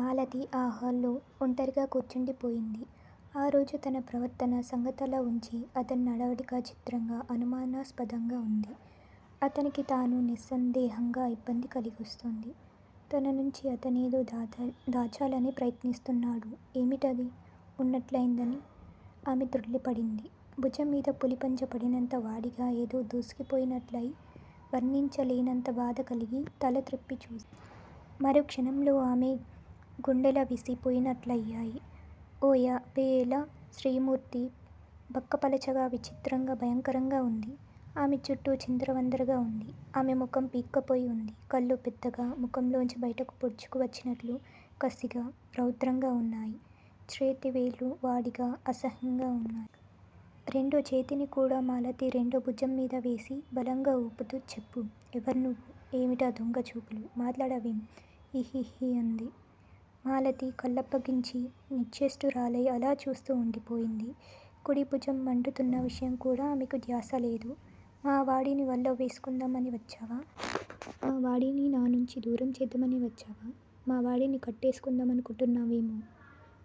మాలతి ఆ హాల్లో ఒంటరిగా కూర్చుండిపోయింది. ఆరోజు తన ప్రవర్తన సంగతలావుంచి అతని నడవడిక చిత్రంగా, అనుమానాస్పదంగా వుంది. అతనికి తాను నిస్సందేహంగా ఇబ్బంది కలిగిస్తోంది. తననుంచి అతనేదో దాచాలని ప్రయత్నిస్తున్నాడు. ఏమిటది? ఉన్నట్లుంది ఆమె త్రుళ్ళిపడింది. భుజంమీద పులిపంజా పడినంత వాడిగా ఏదో దూసుకుపోయినట్లయి, వర్ణించలేనంత బాధ కలిగి తల త్రిప్పి చూసింది. మరు క్షణంలో ఆమె గుండెలవిసి పోయినట్లయాయి. ఓ ఏభై ఏళ్ళ స్త్రీ మూర్తి, బక్క పలచగా, విచిత్రంగా, భయంకరంగా వుంది. ఆమె జుట్టు చిందరవందరగా వుంది. ఆమెముఖం పీక్కుపోయి వుంది. కళ్ళు పెద్దగా ముఖంలోంచి బయటకు పొడుచుకు వచ్చినట్లు కసిగా, రౌద్రంగా వున్నాయి. చేతిగ్రోళ్ళు వాడిగా, అసహ్యంగా వున్నాయి. రెండోచేతిని కూడా మాలతి రెండో భుజంమీద వేసి బలంగా ఊపుతూ చెప్పు? ఎవరు నువ్వు? ఏమిటా దొంగ చూపులు? మాట్లాడవేం? హిహిహి అంది. మాలతి కళ్ళప్పగించి నిశ్చేష్టురాలై అలా చూస్తూ వుండిపోయింది. కుడి భుజం మండుతున్న విషయంకూడా ఆమెకు ధ్యాసలేదు. మావాడిని వల్లో వేసుకుందామని వచ్చావా? మావాడిని నానుంచి దూరం చేద్దామని వచ్చావా? మావాడిని కట్టేసుకుందామనుకుంటున్నావేమో?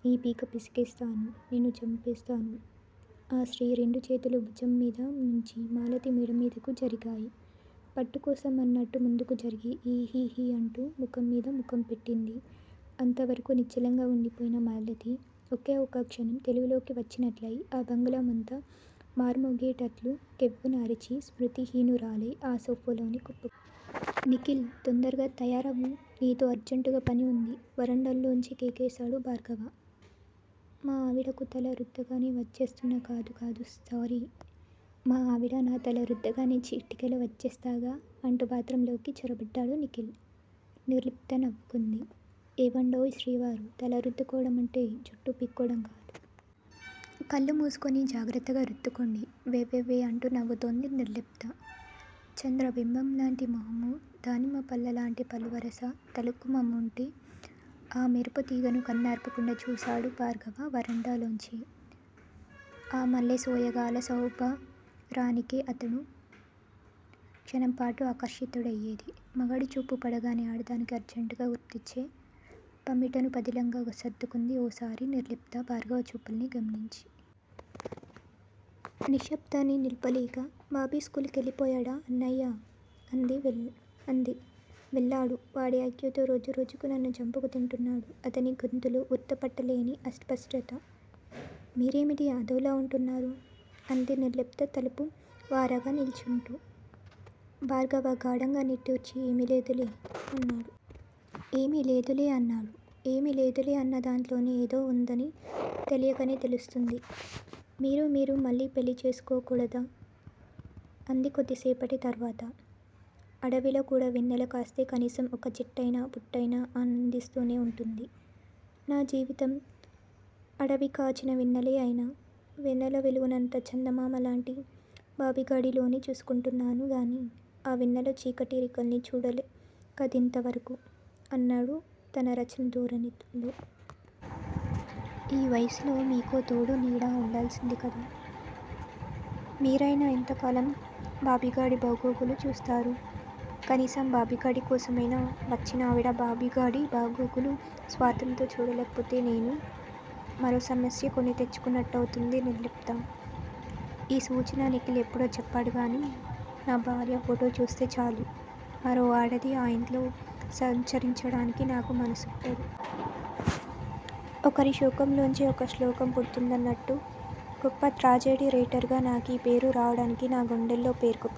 నీ పీక పిసికేస్తాను, నిన్ను చంపేస్తాను. ఆ స్త్రీ రెండుచేతులూ భుజాలమీద నుంచి మాలతి మెడమీదకు జరిగాయి. పట్టుకోసం అన్నట్టు ముందుకు జరిగి హీహీహీ అంటూ ముఖంమీద ముఖం పెట్టింది. అంతవరకూ నిశ్చలంగా వుండిపోయిన మాలతి ఒకే ఒక్క క్షణం తెలివిలోకి వచ్చినట్లుయి ఆ బంగళా అంతా మార్మోగేటట్లు కెవ్వున అరచి, స్మృతి విహీనురాలై ఆ సోఫాలోనే కుప్పకూలిపోయింది. నిఖిల్ తొందరగా తయారవ్వు. నీతో అర్జంటుగా పని వుంది వరండాలోంచే కేకేశాడు భార్గవ. మా ఆవిడకు తల రుద్దగానే వచ్చేస్తున్నా కాదు కాదు సారీ! మా ఆవిడ నా తల రుద్దగానే చిటికెలో వచ్చేస్తాగా అంటూ బాత్రూంలోకి చొరబడ్డాడు నిఖిల్. నిర్లిప్త నవ్వుకుంది. ఏమండోయ్ శ్రీవారూ తల రుద్దుకోవటం అంటే, జుట్టు పీక్కోవటం కాదు. కళ్ళు మూసుకుని జాగ్రత్తగా రుద్దుకోండి వ్వెవ్వెవ్వే అంటూ నవ్వుతూంది నిర్లిప్త. చంద్రబింబం లాంటి మోముకు దానిమ్మ పళ్ళలాంటి పలువరస తళుక్కుమంటూంటే ఆ మెరుపు తీగను కన్నార్పకుండా చూశాడు భార్గవ వరండాలోంచే. ఆ మల్లె సోయగాల, సౌరభానికే అతడు 'క్షణం పాటు' ఆకర్షితుడయ్యేది. మగాడి చూపు పడగానే ఆడదానికి అర్జంటుగా గుర్తొచ్చే పమిటను పదిలంగా సర్దుకుంది ఓసారి నిర్లిప్త భార్గవ చూపుల్ని గమనించి. నిశ్శబ్దాన్ని నిలుపలేక బాబీ స్కూల్ కెళ్ళిపోయాడా అన్నయ్యా? అంది. వెళ్ళాడు. వాడి ఐక్యూతో రోజు రోజుకూ నన్ను చంపుకు తింటున్నాడు అతని గొంతులో గుర్తుపట్టలేని అస్పష్టత. మీరేమిటీ అదోలా వుంటున్నారు? అంది నిర్లిప్త తలుపు వారగా నిల్చుంటూ. భార్గవ గాఢంగా నిట్టూర్చి ఏమీ లేదులే అన్నాడు. ఏమీ లేదులే అన్నాడు. ఏమీ లేదులే అన్న దాంట్లోనే ఏదో వున్నదని తెలియకనే తెలుస్తుంది. మీరు_మీరు మళ్ళీ పెళ్ళి చేసుకోకూడదా? అంది కొద్దిసేపటి తర్వాత. అడవిలో కూడా వెన్నెల కాస్తే కనీసం ఒక్క చెట్టయినా, పుట్టయినా ఆనందిస్తూనే వుంటుంది. నా జీవితం అడవికాచిన వెన్నెలే అయినా, వెన్నెల వెలుగునంతా చందమామలాంటి బాబిగాడిలోనే చూసుకుంటున్నాను గాని, ఆ వెన్నెల్లో చీకటిరేఖల్ని చూడలేదింతవరకూ అన్నాడు తన రచనా ధోరణిలో. ఈ వయసులో మీకో తోడూ నీడా వుండాల్సింది కదా, మీరయినా ఎంతకాలం బాబిగాడి బాగోగులు చూస్తారు. కనీసం బాబిగాడి కోసమైనా వచ్చినావిడ బాబిగాడి బాగోగులు స్వార్ధంతో చూడకపోతే నాకు మరో సమస్య కొనితెచ్చుకున్నట్టవుతుంది నిర్లిప్తా! ఈ సూచన నిఖిల్ ఎప్పుడో చెప్పాడుగాని, నా భార్య ఫోటోను చూస్తే చాలు మరో ఆడది ఆ ఇంట్లో సంచరించడానికి నాకు మనసొప్పదు. ఒకరి శోకంలోంచే ఒక శ్లోకం పుడుతుందన్నట్లు గొప్ప ట్రాజెడీ రైటరుగా నాకీ పేరు రావటానికి నా గుండెల్లో పేరుకుపోయిన